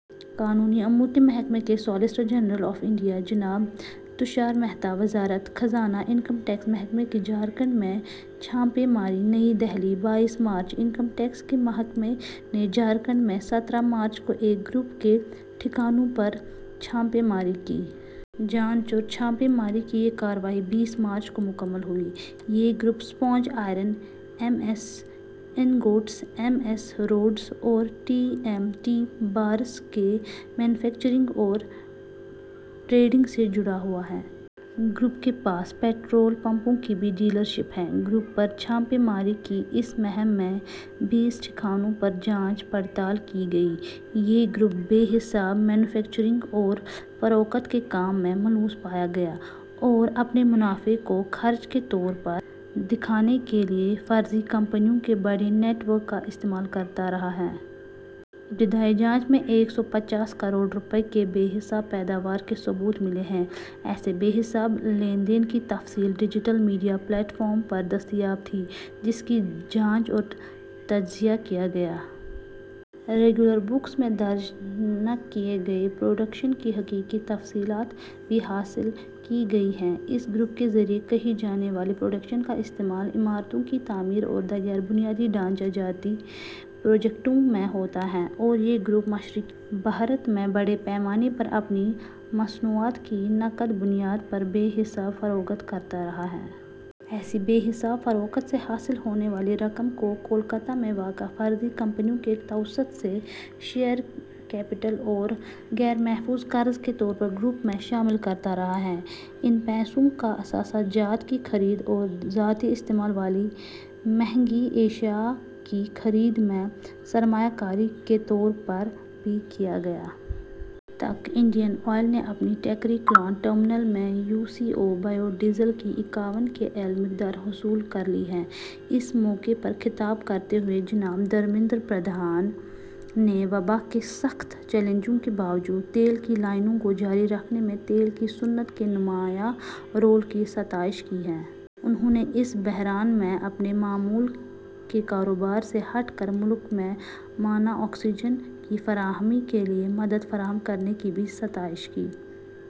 قانونی امور کے محکمے کے سالیسیٹر جنرل آف انڈیا، جناب تشار مہتا،. وزارت خزانہ انکم ٹیکس محکمہ کی جھارکھنڈ میں چھاپے ماری نئی دہلی، بائیس مارچ۔ انکم ٹیکس کے محکمہ نے جھارکھنڈ میں سترہ مارچ کو ایک گروپ کے ٹھکانوں پر چھاپے ماری کی۔ جانچ اور چھاپے ماری کی یہ کارروائی بیس مارچ کو مکمل ہوئی۔ یہ group sponge iron, M S ingots, M S rods اور ٹی ایم ٹی بارس کی مینوفیکچرنگ اور ٹرینڈنگ سے جڑا ہوا ہے۔ گروپ کے پاس پٹرول پمپوں کی بھی ڈیلرشپ ہے۔ گروپ پر چھاپے ماری کی اس مہم میں بیس ٹھکانوں پر جانچ پڑتال کی گئی۔ یہ گروپ بے حساب مینوفیکچرنگ اور فروخت کے کام میں ملوث پایا گیا ہے اور اپنے منافع کو خرچ کے طور پر دکھانے کے لئے فرضی کمپنیوں کے بڑے نیٹ ورک کا استعمال کرتا رہا ہے۔ ابتدائی جانچ میں ایک سو پچاسی کروڑ روپئے کے بے حساب پیداوار کے ثبوت ملے ہیں۔ ایسے بے حساب لین دین کی تفصیل ڈیجیٹل میڈیا پلیٹ فارم پر دستیاب تھی، جس کی جانچ اور تجزیہ کیا گیا۔ ریگولر بکس میں درج نہ کئے گئے پروڈکشن کی حقیقی تفصیلات بھی حاصل کی گئی ہیں۔ اس گروپ کے ذریعے کئے جانے والے پروڈکشن کا استعمال عمارتوں کی تعمیر اور دیگر بنیادی ڈھانچہ جاتی پروجیکٹوں میں ہوتا ہے اور یہ گروپ مشرقی بھارت میں بڑے پیمانے پر اپنی مصنوعات کی نقد بنیاد پر بے حساب فروخت کرتا رہا ہے۔ ایسی بے حساب فروخت سے حاصل ہونے والی رقم کو کولکاتہ میں واقع فرضی کمپنیوں کے توسط سے شیئر کیپٹل اور غیرمحفوظ قرض کے طور پر گروپ میں شامل کرتا رہا ہے۔ ان پیسوں کا اثاثہ جات کی خرید اور ذاتی استعمال والی مہنگی اشیاء کی خرید میں سرمایہ کاری کے طور پر بھی کیا گیا۔ تک انڈین آئل نے اپنے ٹیکری کلاں ٹرمینل میں U C O –biodiesel کی اکیاون کے ایل مقدار حصول کرلی ہے۔ اس موقع پر خطاب کرتے ہوئے جناب دھرمیندر پردھان نے، وباء کے سخت چیلنجوں کے باوجود تیل کی لائنوں کو جاری رکھنے میں تیل کی صنعت کے نمایاں رول کی ستائش کی ہے۔ انھوں نے اس بحران میں، اپنے معمول کے کاروبار سے ہٹ کر، ملک میں مانع آکسیجن کی فراہمی کے لئے مدد فراہم کرنے کی بھی ستائش کی۔